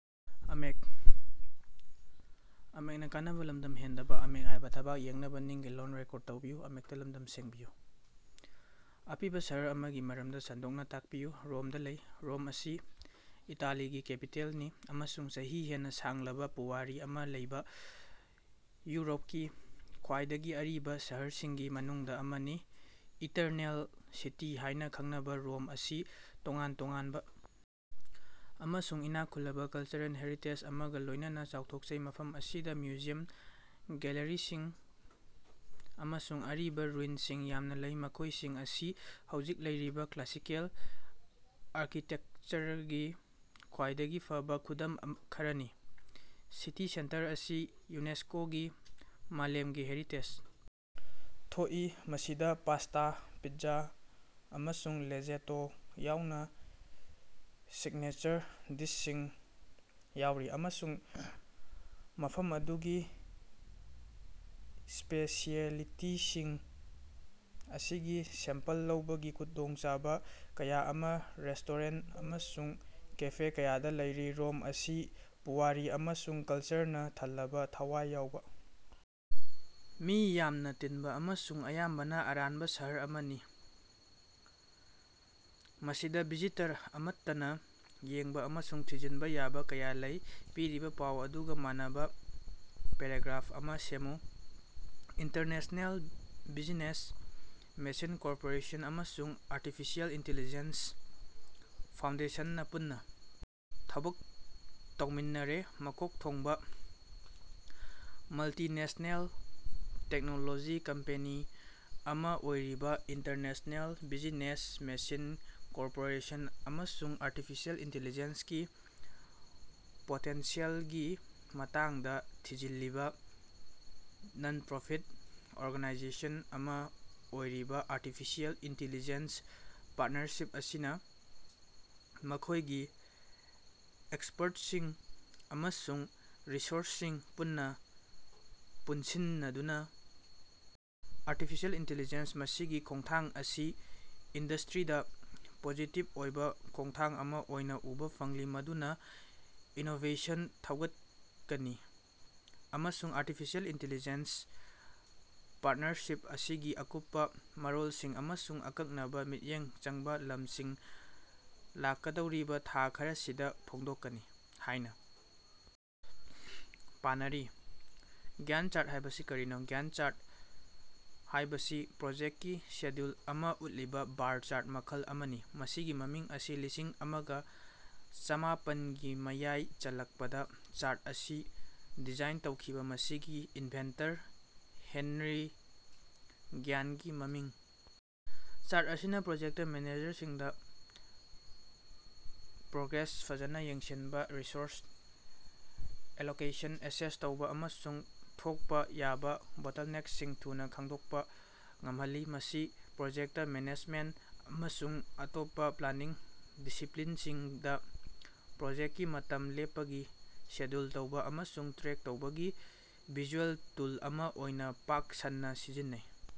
ꯑꯄꯤꯕ ꯁꯍꯔ ꯑꯃꯒꯤ ꯃꯔꯝꯗ ꯁꯟꯗꯣꯛꯅ ꯇꯥꯛꯄꯤꯌꯨ꯫ ꯔꯣꯝꯗ ꯂꯩ꯫ ꯔꯣꯝ ꯑꯁꯤ ꯏꯇꯥꯂꯤꯒꯤ ꯀꯦꯄꯤꯇꯦꯜꯅꯤ ꯑꯃꯁꯨꯡ ꯆꯍꯤ ꯍꯦꯟꯅ ꯁꯥꯡꯂꯕ ꯄꯨꯋꯥꯔꯤ ꯑꯃ ꯂꯩꯕ ꯌꯨꯔꯣꯞꯀꯤ ꯈ꯭ꯋꯥꯏꯗꯒꯤ ꯑꯔꯤꯕ ꯁꯍꯔꯁꯤꯡꯒꯤ ꯃꯅꯨꯡꯗ ꯑꯃꯅꯤ꯫ ꯏꯇꯔꯅꯦꯜ ꯁꯤꯇꯤ ꯍꯥꯏꯅ ꯈꯪꯅꯕ ꯔꯣꯝ ꯑꯁꯤ ꯇꯣꯉꯥꯟ ꯇꯣꯉꯥꯟꯕ ꯑꯃꯁꯨꯡ ꯏꯅꯥꯛ ꯈꯨꯜꯂꯕ ꯀꯜꯆꯔꯦꯜ ꯍꯦꯔꯤꯇꯦꯖ ꯑꯃꯒ ꯂꯣꯏꯅꯅ ꯆꯥꯎꯊꯣꯛꯆꯩ, ꯃꯐꯝ ꯑꯁꯤꯗ ꯃ꯭ꯌꯨꯖꯤꯌꯝ, ꯒꯦꯜꯂꯔꯤꯁꯤꯡ, ꯑꯃꯁꯨꯡ ꯑꯔꯤꯕ ꯔꯨꯏꯟꯁꯤꯡ ꯌꯥꯝꯅ ꯂꯩ, ꯃꯈꯣꯏꯁꯤꯡ ꯑꯁꯤ ꯍꯧꯖꯤꯛ ꯂꯩꯔꯤꯕ ꯀ꯭ꯂꯥꯁꯤꯀꯦꯜ ꯑꯥꯔꯀꯤꯇꯦꯛꯆꯔꯒꯤ ꯈ꯭ꯋꯥꯏꯗꯒꯤ ꯐꯕ ꯈꯨꯗꯝ ꯈꯔꯅꯤ꯫ ꯁꯤꯇꯤ ꯁꯦꯟꯇꯔ ꯑꯁꯤ ꯌꯨꯅꯦꯁ꯭ꯀꯣꯒꯤ ꯃꯥꯂꯦꯝꯒꯤ ꯍꯦꯔꯤꯇꯦꯖ ꯊꯣꯛꯏ, ꯃꯁꯤꯗ ꯄꯥꯁ꯭ꯇꯥ, ꯄꯤꯠꯖꯥ ꯑꯃꯁꯨꯡ ꯂꯦꯖꯦꯇꯣ ꯌꯥꯎꯅ ꯁꯤꯒꯅꯦꯆꯔ ꯗꯤꯁꯁꯤꯡ ꯌꯥꯎꯔꯤ, ꯑꯃꯁꯨꯡ ꯃꯐꯝ ꯑꯗꯨꯒꯤ ꯁ꯭ꯄꯦꯁꯤꯑꯦꯂꯤꯇꯤꯁꯤꯡ ꯑꯁꯤꯒꯤ ꯁꯦꯝꯄꯜ ꯂꯧꯕꯒꯤ ꯈꯨꯗꯣꯡꯆꯥꯕ ꯀꯌꯥ ꯑꯃ ꯔꯦꯁ꯭ꯇꯣꯔꯦꯟ ꯑꯃꯁꯨꯡ ꯀꯦꯐꯦ ꯀꯌꯥꯗ ꯂꯩꯔꯤ꯫ ꯔꯣꯝ ꯑꯁꯤ ꯄꯨꯋꯥꯔꯤ ꯑꯃꯁꯨꯡ ꯀꯜꯆꯔꯅ ꯊꯜꯂꯕ ꯊꯋꯥꯏ ꯌꯥꯎꯕ, ꯃꯤ ꯌꯥꯝꯅ ꯇꯤꯟꯕ ꯑꯃꯁꯨꯡ ꯑꯌꯥꯝꯕꯅ ꯑꯔꯥꯟꯕ ꯁꯍꯔ ꯑꯃꯅꯤ, ꯃꯁꯤꯗ ꯚꯤꯖꯤꯇꯔ ꯑꯃꯠꯇꯅ ꯌꯦꯡꯕꯥ ꯑꯃꯁꯨꯡ ꯊꯤꯖꯤꯟꯕ ꯌꯥꯕ ꯀꯌꯥ ꯂꯩ꯫ ꯄꯤꯔꯤꯕ ꯄꯥꯎ ꯑꯗꯨꯒ ꯃꯥꯟꯅꯕ ꯄꯦꯔꯥꯒ꯭ꯔꯥꯐ ꯑꯃꯥ ꯁꯦꯝꯃꯨ꯫ ꯏꯟꯇꯔꯅ‌ꯦꯁꯅ‌ꯦꯜ ꯕꯤꯖꯤꯅ‌ꯦꯁ ꯃ‌ꯦꯁꯤꯟ ꯀ‌ꯣꯔꯄ‌ꯣꯔ‌ꯦꯁꯟ ꯑꯃꯁꯨꯡ ꯑꯥꯔꯇꯤꯐꯤꯁꯤꯑꯦꯜ ꯏꯟꯇꯤꯂꯤꯖ‌ꯦꯟꯁ ꯐꯥꯎꯟꯗꯦꯁꯟꯅ ꯄꯨꯟꯅ ꯊꯕꯛ ꯇꯧꯃꯤꯟꯅꯔꯦ꯫ ꯃꯀꯣꯛ ꯊꯣꯡꯕ ꯃꯜꯇꯤꯅꯦꯁ꯭ꯅꯦꯜ ꯇꯦꯛꯅꯣꯂꯣꯖꯤ ꯀꯝꯄꯦꯅꯤ ꯑꯃꯥ ꯑꯣꯏꯔꯤꯕ ꯏꯟꯇꯔꯅ‌ꯦꯁꯅ‌ꯦꯜ ꯕꯤꯖꯤꯅ‌ꯦꯁ ꯃ‌ꯦꯁꯤꯟ ꯀ‌ꯣꯔꯄ‌ꯣꯔ‌ꯦꯁꯟ ꯑꯃꯁꯨꯡ ꯑꯥꯔꯇꯤꯐꯤꯁꯤꯑꯦꯜ ꯏꯟꯇꯤꯂꯤꯖꯦꯟꯁꯀꯤ ꯄꯣꯇꯦꯟꯁꯤꯌꯦꯜꯒꯤ ꯃꯇꯥꯡꯗ ꯊꯤꯖꯤꯜꯂꯤꯕ ꯅꯟ-ꯄ꯭ꯔꯣꯐꯤꯠ ꯑꯣꯔꯒꯅꯥꯏꯖꯦꯁꯟ ꯑꯃꯥ ꯑꯣꯏꯔꯤꯕ ꯑꯥꯔꯇꯤꯐꯤꯁꯤꯑꯦꯜ ꯏꯟꯇꯤꯂꯤꯖꯦꯟꯁ ꯄꯥꯔ꯭ꯠꯅꯔꯁꯤꯞ ꯑꯁꯤꯅ ꯃꯈꯣꯏꯒꯤ ꯑꯦꯛꯁꯄꯔꯠꯁꯤꯡ ꯑꯃꯁꯨꯡ ꯔꯤꯁꯣꯔꯁꯁꯤꯡ ꯄꯨꯟꯅ ꯄꯨꯟꯁꯤꯟꯅꯗꯨꯅ ꯑꯥꯔꯇꯤꯐꯤꯁꯤꯑꯦꯜ ꯏꯟꯇꯤꯂꯤꯖꯦꯟꯁ ꯃꯁꯤꯒꯤ ꯈꯣꯉꯊꯥꯡ ꯑꯁꯤ ꯏꯟꯗꯁꯇ꯭ꯔꯤꯗ ꯄꯣꯖꯤꯇꯤꯕ ꯑꯣꯏꯕ ꯈꯣꯡꯊꯥꯡ ꯑꯃ ꯑꯣꯏꯅ ꯎꯕ ꯐꯪꯂꯤ ꯃꯗꯨꯅ ꯏꯅꯣꯕꯦꯁꯟ ꯊꯧꯒꯠꯀꯅꯤ ꯑꯃꯁꯨꯡ ꯑꯥꯔꯇꯤꯐꯤꯁꯤꯑꯦꯜ ꯏꯟꯇꯤꯂꯤꯖꯦꯟꯁ ꯄꯥꯔꯇꯅꯔꯁꯤꯞ ꯑꯁꯤꯒꯤ ꯑꯀꯨꯞꯄꯥ ꯃꯔꯣꯜꯁꯤꯡ ꯑꯃꯁꯨꯡ ꯑꯀꯛꯅꯕ ꯃꯤꯠꯌꯦꯡ ꯆꯪꯕ ꯂꯝꯁꯤꯡ ꯂꯥꯛꯀꯗꯧꯔꯤꯕ ꯊꯥ ꯈꯔꯁꯤꯗ ꯐꯣꯡꯗꯣꯛꯀꯅꯤ ꯍꯥꯏꯅ ꯄꯥꯅꯔꯤ꯫ ꯒ꯭ꯌꯥꯟꯇ ꯆꯥꯔꯠ ꯍꯥꯏꯕꯁꯤ ꯀꯔꯤꯅꯣ꯫ ꯒ꯭ꯌꯥꯟꯠ ꯆꯥꯔꯠ ꯍꯥꯏꯕꯁꯤ ꯄ꯭ꯔꯣꯖꯦꯛꯀꯤ ꯁꯦꯗ꯭ꯌꯨꯜ ꯑꯃꯥ ꯎꯠꯂꯤꯕ ꯕꯥꯔ ꯆꯥꯔꯠ ꯃꯈꯜ ꯑꯃꯅꯤ꯫ ꯃꯁꯤꯒꯤ ꯃꯃꯤꯡ ꯑꯁꯤ ꯂꯤꯁꯤꯡ ꯑꯃꯒ ꯆꯃꯥꯄꯟꯒꯤ ꯃꯌꯥꯏ ꯆꯜꯂꯛꯄꯗ ꯆꯥꯔꯠ ꯑꯁꯤ ꯗꯤꯖꯥꯏꯟ ꯇꯧꯈꯤꯕ ꯃꯁꯤꯒꯤ ꯏꯟꯚꯦꯟꯇꯔ ꯍꯦꯟꯔꯤ ꯒ꯭ꯌꯥꯟꯀꯤ ꯃꯃꯤꯡ ꯆꯥꯔꯠ ꯑꯁꯤꯅ ꯄ꯭ꯔꯣꯖꯦꯛꯇ ꯃꯦꯅꯦꯖꯔꯁꯤꯡꯗ ꯄ꯭ꯔꯣꯒ꯭ꯔꯦꯁ ꯐꯖꯅ ꯌꯦꯡꯁꯤꯟꯕ, ꯔꯤꯁꯣꯔꯁ ꯑꯦꯂꯣꯀꯦꯁꯟ ꯑꯦꯁꯦꯁ ꯇꯧꯕ ꯑꯃꯁꯨꯡ ꯊꯣꯛꯄ ꯌꯥꯕꯥ ꯕꯣꯇꯜꯅꯦꯛꯁꯤꯡ ꯊꯨꯅ ꯈꯪꯗꯣꯛꯄ ꯉꯝꯍꯜꯂꯤ꯫ ꯃꯁꯤ ꯄ꯭ꯔꯣꯖꯦꯛꯇ ꯃꯦꯅꯦꯖꯃꯦꯟꯇ ꯑꯃꯁꯨꯡ ꯑꯇꯣꯞꯄ ꯄ꯭ꯂꯥꯅꯤꯡ ꯗꯤꯁꯤꯄꯂꯤꯟꯁꯤꯡꯗ ꯄ꯭ꯔꯣꯖꯦꯛꯇꯀꯤ ꯃꯇꯝ ꯂꯦꯞꯄꯒꯤ ꯁꯦꯗ꯭ꯌꯨꯜ ꯇꯧꯕ ꯑꯃꯁꯨꯡ ꯇ꯭ꯔꯦꯛ ꯇꯧꯕꯒꯤ ꯚꯤꯖꯨꯑꯦꯜ ꯇꯨꯜ ꯑꯃ ꯑꯣꯏꯅꯥ ꯄꯥꯛ ꯁꯟꯅꯥ ꯁꯤꯖꯤꯟꯅꯩ꯫